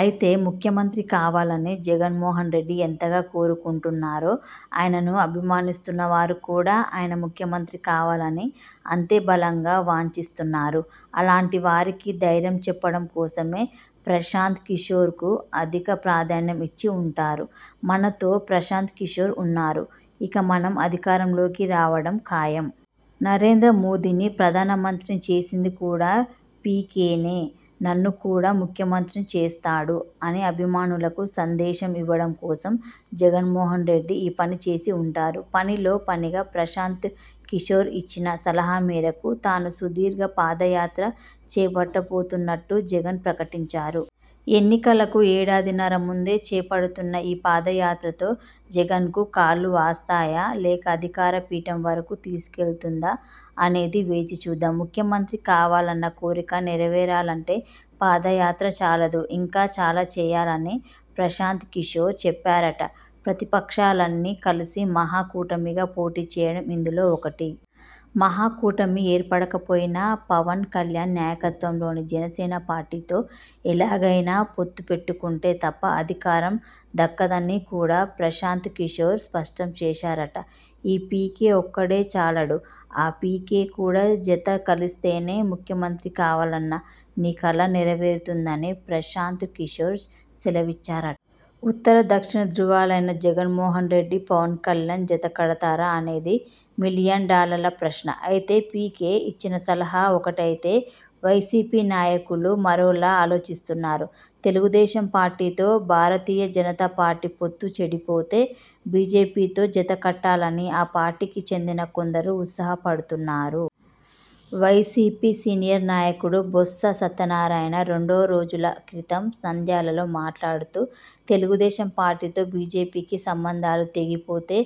అయితే ముఖ్యమంత్రి కావాలని జగన్మోహన్రెడ్డి ఎంతగా కోరుకుంటున్నారో ఆయనను అభిమానిస్తున్నవారు కూడా ఆయన ముఖ్యమంత్రి కావాలని అంతే బలంగా వాంఛిస్తున్నారు. అలాంటి వారికి ధైర్యం చెప్పడం కోసమే ప్రశాంత్ కిశోర్కు అధిక ప్రాధాన్యం ఇచ్చి ఉంటారు. 'మనతో ప్రశాంత్ కిశోర్ ఉన్నారు. ఇక మనం అధికారంలోకి రావడం ఖాయం. నరేంద్ర మోదీని ప్రధానమంత్రిని చేసింది కూడా పీకేనే. నన్ను కూడా ముఖ్యమంత్రిని చేస్తాడు' అని అభిమానులకు సందేశం ఇవ్వడం కోసం జగన్మోహన్రెడ్డి ఈ పని చేసి ఉంటారు. పనిలో పనిగా ప్రశాంత్ కిశోర్ ఇచ్చిన సలహా మేరకు తాను సుదీర్ఘ పాదయాత్ర చేపట్టబోతున్నట్టు జగన్ ప్రకటించారు. ఎన్నికలకు ఏడాదిన్నర ముందే చేపడుతున్న ఈ పాదయాత్రతో జగన్కు కాళ్లు వాస్తాయా? లేక అధికార పీఠం వరకు తీసుకెళుతుందా అనేది వేచి చూద్దాం. ముఖ్యమంత్రి కావాలన్న కోరిక నెరవేరాలంటే పాదయాత్ర చాలదు– ఇంకా చాలాచేయాలని ప్రశాంత్ కిశోర్ చెప్పారట! ప్రతిపక్షాలన్నీ కలిసి మహా కూటమిగా పోటీ చేయడం ఇందులో ఒకటి! మహా కూటమి ఏర్పడకపోయినా పవన్ కల్యాణ్ నాయకత్వంలోని జనసేన పార్టీతో ఎలాగైనా పొత్తుపెట్టుకుంటే తప్ప అధికారం దక్కదని కూడా ప్రశాంత్ కిశోర్ స్పష్టంచేశారట! ఈ పీకే ఒక్కడే చాలడు. ఆ పీకే కూడా జత కలిస్తేనే ముఖ్యమంత్రికావాలన్న నీ కల నెరవేరుతుందని ప్రశాంత్ కిశోర్ సెలవిచ్చారట! ఉత్తర దక్షిణ ధృవాలైన జగన్మోహన్రెడ్డి– పవన్ కల్యాణ్ జత కడతారా? అనేది మిలియన్ డాలర్ల ప్రశ్న! అయితే పీకే ఇచ్చిన సలహా ఒకటైతే వైసీపీ నాయకులు మరోలా ఆలోచిస్తున్నారు. తెలుగుదేశం పార్టీతో భారతీయ జనతా పార్టీ పొత్తు చెడిపోతే బీజేపీతో జత కట్టాలని ఆ పార్టీకి చెందిన కొందరు ఉత్సాహపడుతున్నారు. వైసీపీ సీనియర్ నాయకుడు బొత్స సత్యనారాయణ రెండో రోజుల క్రితం నంద్యాలలో మాట్లాడుతూ, తెలుగుదేశం పార్టీతో బీజేపీకి సంబంధాలు తెగిపోతే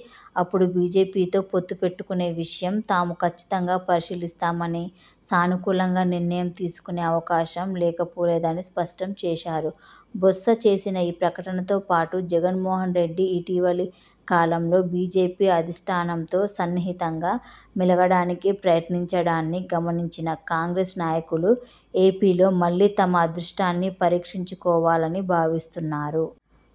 అప్పుడు బీజేపీతో పొత్తుపెట్టుకునే విషయం తాము కచ్చితంగా పరిశీలిస్తామనీ, సానుకూలంగా నిర్ణయం తీసుకునే అవకాశం లేకపోలేదనీ స్పష్టంచేశారు. బొత్స చేసిన ఈ ప్రకటనతో పాటు జగన్మోహన్రెడ్డి ఇటీవలి కాలంలో బీజేపీ అధిష్ఠానంతో సన్నిహితంగా మెలగడానికి ప్రయత్నించడాన్ని గమనించిన కాంగ్రెస్ నాయకులు ఏపీలో మళ్లీ తమ అదృష్టాన్ని పరీక్షించుకోవాలని భావిస్తున్నారు.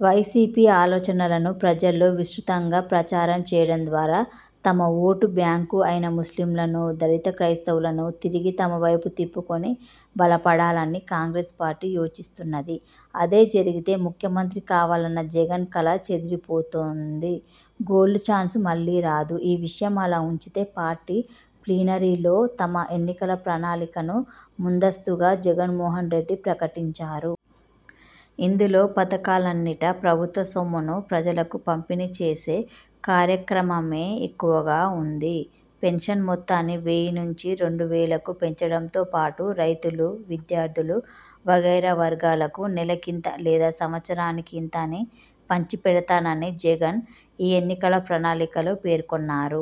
వైసీపీ ఆలోచనలను ప్రజలలో విస్తృతంగా ప్రచారం చేయడం ద్వారా తమ ఓటు బ్యాంకు అయిన ముస్లింలను, దళిత క్రైస్తవులను తిరిగి తమవైపు తిప్పుకొని బలపడాలని కాంగ్రెస్ పార్టీ యోచిస్తున్నది. అదే జరిగితే ముఖ్యమంత్రి కావాలన్న జగన్ కల చెదిరిపోతుంది. గోల్డెన్ చాన్స్ మళ్లీ రాదు! ఈ విషయం అలా ఉంచితే పార్టీ ప్లీనరీలో తమ ఎన్నికల ప్రణాళికను ముందస్తుగా జగన్మోహన్రెడ్డి ప్రకటించారు. ఇందులో పథకాలన్నిటా ప్రభుత్వ సొమ్మును ప్రజలకు పంపిణీ చేసే కార్యక్రమమే ఎక్కువగా ఉంది. పెన్షన్ మొత్తాన్ని వెయ్యి నుంచి రెండు వేలకు పెంచడంతోపాటు రైతులు, విద్యార్థులు వగైరా వర్గాలకు నెలకింత లేదా సంవత్సరానికి ఇంత అని పంచి పెడతానని జగన్ ఈ ఎన్నికల ప్రణాళికలో పేర్కొన్నారు.